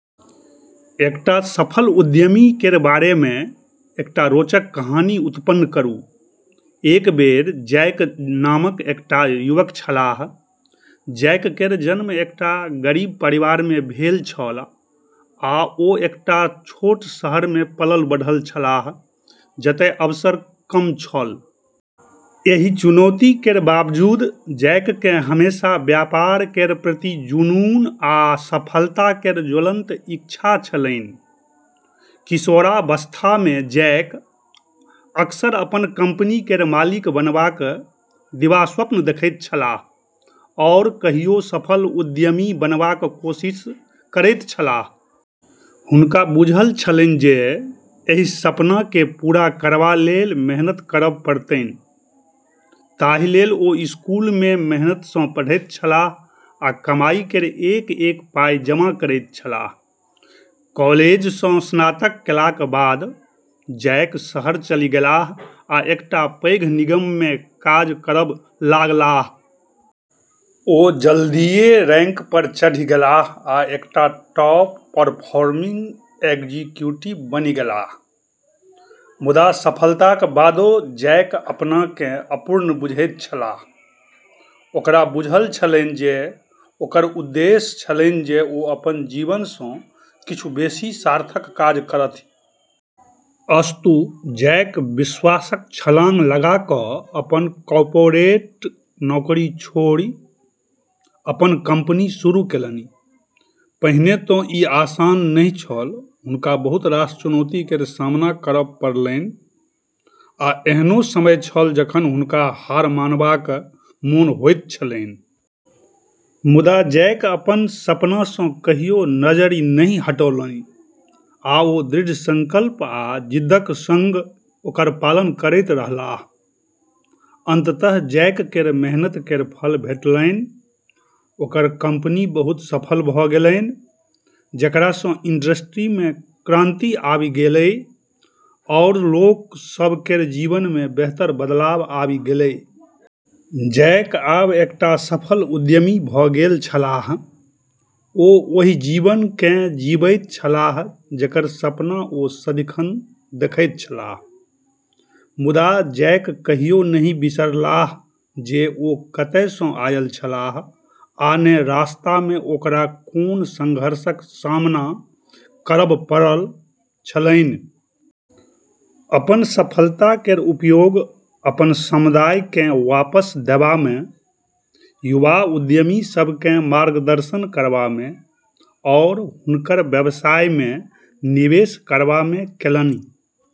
एकटा सफल उद्यमी केर बारे मे एकटा रोचक कहानी उत्पन्न करू। एक बेर जैक नामक एकटा युवक छलाह। जैक केर जन्म एकटा गरीब परिवार मे भेल छल आ ओ एकटा छोट शहर मे पलल-बढ़ल छलाह जतय अवसर कम छल। एहि चुनौती केर बावजूद जैक केँ हमेशा व्यापार केर प्रति जुनून आओर सफलता केर ज्वलंत इच्छा छलैन। किशोरावस्था मे जैक अक्सर अपन कंपनी केर मालिक बनबाक दिवास्वप्न देखैत छलाह आओर कहियो सफल उद्यमी बनबाक कोशिश करैत छलाह। हुनका बुझल छलैन जे एहि सपना केँ पूरा करबा लेल मेहनत करब पड़तैन, ताहि लेल ओ स्कूल मे मेहनत सँ पढ़ैत छलाह आ कमाई केर एक-एक पाइ जमा करैत छलाह। कॉलेज सँ स्नातक केलाक बाद जैक शहर चलि गेलाह आ एकटा पैघ निगम मे काज करब लागलाह। ओ जल्दीए रैंक पर चढ़ि गेलाह आ एकटा टॉप परफॉर्मिंग एग्जीक्यूटिव बनि गेलाह। मुदा, सफलताक बादो जैक अपना केँ अपूर्ण बुझैत छलाह। ओकरा बुझल छलैन जे ओकर उद्देश्य छलैन जे ओ अपन जीवन सँ किछु बेसी सार्थक काज करथि। अस्तु, जैक विश्वासक छलांग लगा कऽ अपन कॉर्पोरेट नौकरी छोड़ि अपन कंपनी शुरू केलनि। पहिने तँ ई आसान नहि छल, हुनका बहुत रास चुनौती केर सामना करब पड़लैन, आ एहनो समय छल जखन हुनका हार मानबाक मोन होइत छलैन। मुदा जैक अपन सपना सँ कहियो नजरि नहि हटौलनि, आ ओ दृढ़ संकल्प आ जिद्दक संग ओकर पालन करैत रहलाह। अंततः जैक केर मेहनत केर फल भेटलैन, ओकर कंपनी बहुत सफल भऽ गेलैन, जेकरा सँ इंडस्ट्री मे क्रांति आबि गेलै आओर लोक सभ केर जीवन मे बेहतर बदलाव आबि गेलै। जैक आब एकटा सफल उद्यमी भऽ गेल छलाह, ओ ओहि जीवन केँ जीबैत छलाह जेकर सपना ओ सदिखन देखैत छलाह। मुदा जैक कहियो नहि बिसरलाह जे ओ कतय सँ आयल छलाह आ ने रस्ता मे ओकरा कोन संघर्षक सामना करब पड़ल छलैन। अपन सफलता केर उपयोग अपन समुदाय केँ वापस देबा मे, युवा उद्यमी सभ केँ मार्गदर्शन करबा मे आओर हुनकर व्यवसाय मे निवेश करबा मे केलनि।